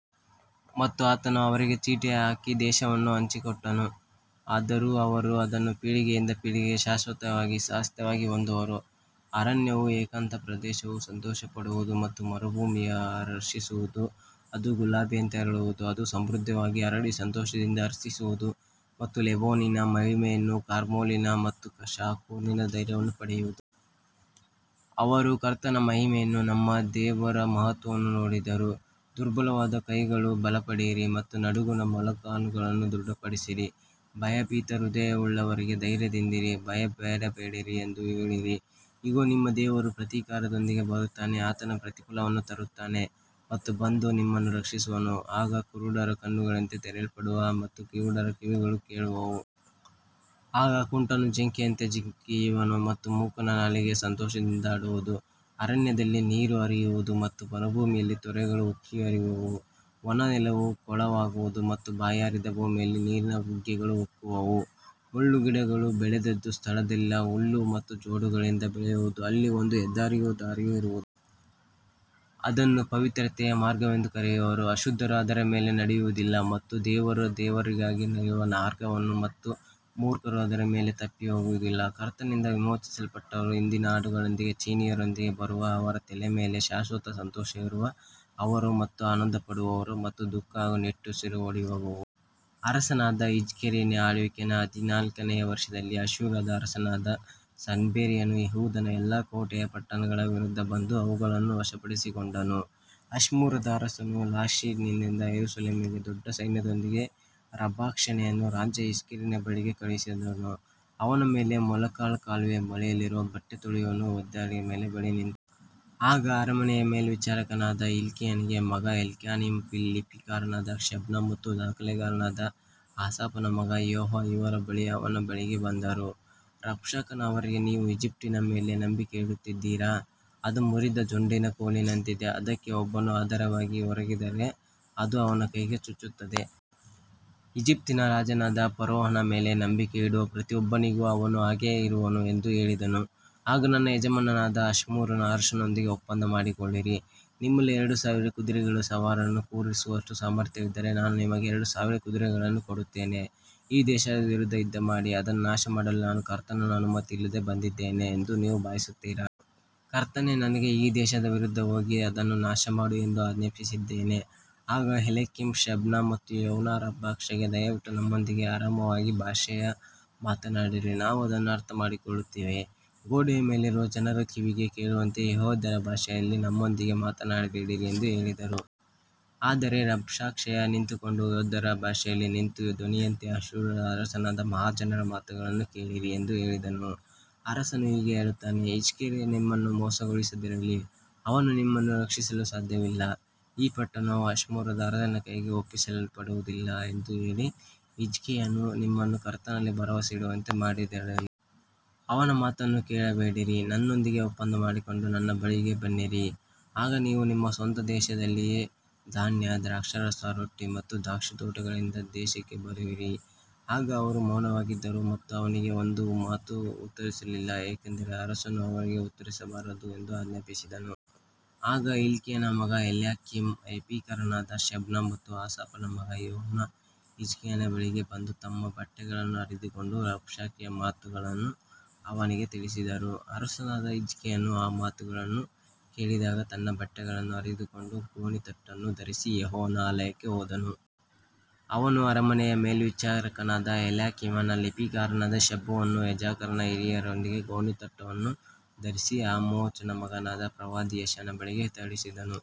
ಮತ್ತು ಆತನು ಅವರಿಗೆ ಚೀಟಿ ಹಾಕಿ ದೇಶವನ್ನು ಹಂಚಿಕೊಟ್ಟನು. ಅವರು ಅದನ್ನು ಪೀಳಿಗೆಯಿಂದ ಪೀಳಿಗೆಗೆ ಶಾಶ್ವತವಾಗಿ ಸ್ವಾಸ್ತ್ಯವಾಗಿ ಹೊಂದುವರು. ಅರಣ್ಯವೂ ಏಕಾಂತ ಪ್ರದೇಶವೂ ಸಂತೋಷಪಡುವವು ಮತ್ತು ಮರುಭೂಮಿಯೂ ಹರ್ಷಿಸುವುದು. ಅದು ಗುಲಾಬಿಯಂತೆ ಅರಳುವುದು. ಅದು ಸಮೃದ್ಧಿಯಾಗಿ ಅರಳಿ ಸಂತೋಷದಿಂದ ಹರ್ಷಿಸುವುದು ಮತ್ತು ಲೆಬನೋನಿನ ಮಹಿಮೆಯನ್ನೂ ಕಾರ್ಮೆಲಿನ ಮತ್ತು ಶಾರೋನಿನ ಸೌಂದರ್ಯವನ್ನೂ ಪಡೆಯುವುದು. ಅವರು ಕರ್ತನ ಮಹಿಮೆಯನ್ನೂ ನಮ್ಮ ದೇವರ ಮಹತ್ತ್ವವನ್ನೂ ನೋಡುವರು. ದುರ್ಬಲವಾದ ಕೈಗಳನ್ನು ಬಲಪಡಿಸಿರಿ ಮತ್ತು ನಡುಗುವ ಮೊಣಕಾಲುಗಳನ್ನು ದೃಢಪಡಿಸಿರಿ. ಭಯಭೀತ ಹೃದಯವುಳ್ಳವರಿಗೆ ಧೈರ್ಯದಿಂದಿರಿ, ಭಯಪಡಬೇಡಿರಿ ಎಂದು ಹೇಳಿರಿ. ಇಗೋ, ನಿಮ್ಮ ದೇವರು ಪ್ರತೀಕಾರದೊಂದಿಗೆ ಬರುತ್ತಾನೆ. ಆತನು ಪ್ರತಿಫಲವನ್ನು ತರುತ್ತಾನೆ ಮತ್ತು ಬಂದು ನಿಮ್ಮನ್ನು ರಕ್ಷಿಸುವನು. ಆಗ ಕುರುಡರ ಕಣ್ಣುಗಳು ತೆರೆಯಲ್ಪಡುವವು ಮತ್ತು ಕಿವುಡರ ಕಿವಿಗಳು ಕೇಳುವವು. ಆಗ ಕುಂಟನು ಜಿಂಕೆಯಂತೆ ಜಿಗಿಯುವನು ಮತ್ತು ಮೂಕನ ನಾಲಿಗೆ ಸಂತೋಷದಿಂದ ಹಾಡುವುದು. ಅರಣ್ಯದಲ್ಲಿ ನೀರು ಹರಿಯುವುದು ಮತ್ತು ಮರುಭೂಮಿಯಲ್ಲಿ ತೊರೆಗಳು ಉಕ್ಕಿ ಹರಿಯುವವು. ಒಣನೆಲವು ಕೊಳವಾಗುವುದು ಮತ್ತು ಬಾಯಾರಿದ ಭೂಮಿಯಲ್ಲಿ ನೀರಿನ ಬುಗ್ಗೆಗಳು ಉಕ್ಕುವವು. ಮುಳ್ಳುಗಿಡಗಳು ಬೆಳೆದಿದ್ದ ಸ್ಥಳದಲ್ಲಿ ಹುಲ್ಲು ಮತ್ತು ಜೊಂಡುಗಳು ಬೆಳೆಯುವವು. ಅಲ್ಲಿ ಒಂದು ಹೆದ್ದಾರಿಯೂ ದಾರಿಯೂ ಇರುವುದು. ಅದನ್ನು ಪವಿತ್ರತೆಯ ಮಾರ್ಗವೆಂದು ಕರೆಯುವರು. ಅಶುದ್ಧರು ಅದರ ಮೇಲೆ ನಡೆಯುವುದಿಲ್ಲ. ಅದು ದೇವರ ಜನರಿಗಾಗಿ ಇರುವ ಮಾರ್ಗವಾಗಿರುವುದು ಮತ್ತು ಮೂರ್ಖರೂ ಅದರ ಮೇಲೆ ತಪ್ಪಿಹೋಗುವುದಿಲ್ಲ. ಕರ್ತನಿಂದ ವಿಮೋಚಿಸಲ್ಪಟ್ಟವರು ಹಿಂದಿರುಗಿ ಹಾಡುಗಳೊಂದಿಗೆ ಚೀಯೋನಿಗೆ ಬರುವರು. ಅವರ ತಲೆಯ ಮೇಲೆ ಶಾಶ್ವತ ಸಂತೋಷವಿರುವುದು. ಅವರು ಸಂತೋಷ ಮತ್ತು ಆನಂದವನ್ನು ಪಡೆಯುವರು ಮತ್ತು ದುಃಖ ಹಾಗೂ ನಿಟ್ಟುಸಿರುಗಳು ಓಡಿಹೋಗುವವು. ಅರಸನಾದ ಹಿಜ್ಕೀಯನ ಆಳ್ವಿಕೆಯ ಹದಿನಾಲ್ಕನೆಯ ವರ್ಷದಲ್ಲಿ ಅಶ್ಶೂರದ ಅರಸನಾದ ಸನ್ಹೇರೀಬನು ಯೆಹೂದದ ಎಲ್ಲಾ ಕೋಟೆಯ ಪಟ್ಟಣಗಳ ವಿರುದ್ಧ ಬಂದು ಅವುಗಳನ್ನು ವಶಪಡಿಸಿಕೊಂಡನು. ಅಶ್ಶೂರದ ಅರಸನು ಲಾಕೀಷಿನಿಂದ ಯೆರೂಸಲೇಮಿಗೆ ದೊಡ್ಡ ಸೈನ್ಯದೊಂದಿಗೆ ರಬ್ಷಾಕೆಯನ್ನು ರಾಜ ಹಿಜ್ಕೀಯನ ಬಳಿಗೆ ಕಳುಹಿಸಿದನು. ಅವನು ಮೇಲಿನ ಕೊಳದ ಕಾಲುವೆಯ ಬಳಿಯಲ್ಲಿರುವ ಬಟ್ಟೆ ತೊಳೆಯುವವರ ಹೊಲದ ಹೆದ್ದಾರಿಯ ಬಳಿ ನಿಂತನು. ಆಗ ಅರಮನೆಯ ಮೇಲ್ವಿಚಾರಕನಾದ ಹಿಲ್ಕೀಯನ ಮಗ ಎಲ್ಯಾಕೀಮ, ಲಿಪಿಕಾರನಾದ ಶೆಬ್ನ ಮತ್ತು ದಾಖಲೆಗಾರನಾದ ಆಸಾಫನ ಮಗ ಯೋವ ಇವರು ಅವನ ಬಳಿಗೆ ಬಂದರು. ರಬ್ಷಾಕೆಯು ಅವರಿಗೆ, ನೀವು ಈಜಿಪ್ಟಿನ ಮೇಲೆ ನಂಬಿಕೆ ಇಡುತ್ತಿದ್ದೀರಾ? ಅದು ಮುರಿದ ಜೊಂಡಿನ ಕೋಲಿನಂತಿದೆ. ಅದಕ್ಕೆ ಒಬ್ಬನು ಆಧಾರವಾಗಿ ಒರಗಿದರೆ ಅದು ಅವನ ಕೈಗೆ ಚುಚ್ಚುತ್ತದೆ. ಈಜಿಪ್ಟಿನ ರಾಜನಾದ ಫರೋಹನ ಮೇಲೆಯೇ ನಂಬಿಕೆ ಇಡುವ ಪ್ರತಿಯೊಬ್ಬನಿಗೂ ಅವನು ಹಾಗೆಯೇ ಇರುವನು ಎಂದು ಹೇಳಿದನು. ಈಗ ನನ್ನ ಯಜಮಾನನಾದ ಅಶ್ಶೂರದ ಅರಸನೊಂದಿಗೆ ಒಪ್ಪಂದ ಮಾಡಿಕೊಳ್ಳಿರಿ. ನಿಮ್ಮಲ್ಲಿ ಎರಡು ಸಾವಿರ ಕುದುರೆಗಳ ಸವಾರರನ್ನು ಕೂರಿಸುವಷ್ಟು ಸಾಮರ್ಥ್ಯವಿದ್ದರೆ ನಾನು ನಿಮಗೆ ಎರಡು ಸಾವಿರ ಕುದುರೆಗಳನ್ನು ಕೊಡುತ್ತೇನೆ. ಈ ದೇಶದ ವಿರುದ್ಧ ಯುದ್ಧಮಾಡಿ ಅದನ್ನು ನಾಶಮಾಡಲು ನಾನು ಕರ್ತನ ಅನುಮತಿಯಿಲ್ಲದೆ ಬಂದಿದ್ದೇನೆ ಎಂದು ನೀವು ಭಾವಿಸುತ್ತೀರಾ? ಕರ್ತನೇ ನನಗೆ ಈ ದೇಶದ ವಿರುದ್ಧ ಹೋಗಿ ಅದನ್ನು ನಾಶಮಾಡು ಎಂದು ಆಜ್ಞಾಪಿಸಿದ್ದಾನೆ. ಆಗ ಎಲ್ಯಾಕೀಮ, ಶೆಬ್ನ ಮತ್ತು ಯೋವ ರಬ್ಷಾಕೆಗೆ, ದಯವಿಟ್ಟು ನಮ್ಮೊಂದಿಗೆ ಅರಾಮಾಯ ಭಾಷೆಯಲ್ಲಿ ಮಾತನಾಡಿರಿ. ನಾವು ಅದನ್ನು ಅರ್ಥಮಾಡಿಕೊಳ್ಳುತ್ತೇವೆ. ಗೋಡೆಯ ಮೇಲಿರುವ ಜನರ ಕಿವಿಗೆ ಕೇಳುವಂತೆ ಯೆಹೂದ್ಯರ ಭಾಷೆಯಲ್ಲಿ ನಮ್ಮೊಂದಿಗೆ ಮಾತನಾಡಬೇಡಿರಿ ಎಂದು ಹೇಳಿದರು. ಆದರೆ ರಬ್ಷಾಕೆಯು ನಿಂತುಕೊಂಡು ಯೆಹೂದ್ಯರ ಭಾಷೆಯಲ್ಲಿ ದೊಡ್ಡ ಧ್ವನಿಯಿಂದ, ಅಶ್ಶೂರದ ಅರಸನಾದ ಮಹಾರಾಜನ ಮಾತುಗಳನ್ನು ಕೇಳಿರಿ ಎಂದು ಹೇಳಿದನು. ಅರಸನು ಹೀಗೆ ಹೇಳುತ್ತಾನೆ. ಹಿಜ್ಕೀಯನು ನಿಮ್ಮನ್ನು ಮೋಸಗೊಳಿಸದಿರಲಿ. ಅವನು ನಿಮ್ಮನ್ನು ರಕ್ಷಿಸಲು ಸಾಧ್ಯವಿಲ್ಲ. ಈ ಪಟ್ಟಣವು ಅಶ್ಶೂರದ ಅರಸನ ಕೈಗೆ ಒಪ್ಪಿಸಲ್ಪಡುವುದಿಲ್ಲ ಎಂದು ಹೇಳಿ ಹಿಜ್ಕೀಯನು ನಿಮ್ಮನ್ನು ಕರ್ತನಲ್ಲಿ ಭರವಸೆಯಿಡುವಂತೆ ಮಾಡದಿರಲಿ. ಅವನ ಮಾತನ್ನು ಕೇಳಬೇಡಿರಿ. ನನ್ನೊಂದಿಗೆ ಒಪ್ಪಂದ ಮಾಡಿಕೊಂಡು ನನ್ನ ಬಳಿಗೆ ಬನ್ನಿರಿ. ಆಗ ನೀವು ನಿಮ್ಮ ಸ್ವಂತ ದೇಶದಂತೆಯೇ ಧಾನ್ಯ, ದ್ರಾಕ್ಷಾರಸ, ರೊಟ್ಟಿ ಮತ್ತು ದ್ರಾಕ್ಷಿತೋಟಗಳಿರುವ ದೇಶಕ್ಕೆ ಬರುವಿರಿ. ಆದರೆ ಅವರು ಮೌನವಾಗಿದ್ದರು ಮತ್ತು ಅವನಿಗೆ ಒಂದು ಮಾತೂ ಉತ್ತರಿಸಲಿಲ್ಲ. ಏಕೆಂದರೆ ಅರಸನು ಅವರಿಗೆ ಉತ್ತರಿಸಬಾರದು ಎಂದು ಆಜ್ಞಾಪಿಸಿದ್ದನು. ಆಗ ಹಿಲ್ಕೀಯನ ಮಗ ಎಲ್ಯಾಕೀಮ, ಲಿಪಿಕಾರನಾದ ಶೆಬ್ನ ಮತ್ತು ಆಸಾಫನ ಮಗ ಯೋವ ಹಿಜ್ಕೀಯನ ಬಳಿಗೆ ಬಂದು ತಮ್ಮ ಬಟ್ಟೆಗಳನ್ನು ಹರಿದುಕೊಂಡು ರಬ್ಷಾಕೆಯ ಮಾತುಗಳನ್ನು ಅವನಿಗೆ ತಿಳಿಸಿದರು. ಅರಸನಾದ ಹಿಜ್ಕೀಯನು ಆ ಮಾತುಗಳನ್ನು ಕೇಳಿದಾಗ ತನ್ನ ಬಟ್ಟೆಗಳನ್ನು ಹರಿದುಕೊಂಡು ಗೋಣಿತಟ್ಟನ್ನು ಧರಿಸಿ ಯೆಹೋವನ ಆಲಯಕ್ಕೆ ಹೋದನು. ಅವನು ಅರಮನೆಯ ಮೇಲ್ವಿಚಾರಕನಾದ ಎಲ್ಯಾಕೀಮನನ್ನೂ ಲಿಪಿಕಾರನಾದ ಶೆಬ್ನನನ್ನೂ ಯಾಜಕರ ಹಿರಿಯರನ್ನೂ ಗೋಣಿತಟ್ಟನ್ನು ಧರಿಸಿ ಆಮೋಚನ ಮಗನಾದ ಪ್ರವಾದಿ ಯೆಶಾಯನ ಬಳಿಗೆ ಕಳುಹಿಸಿದನು.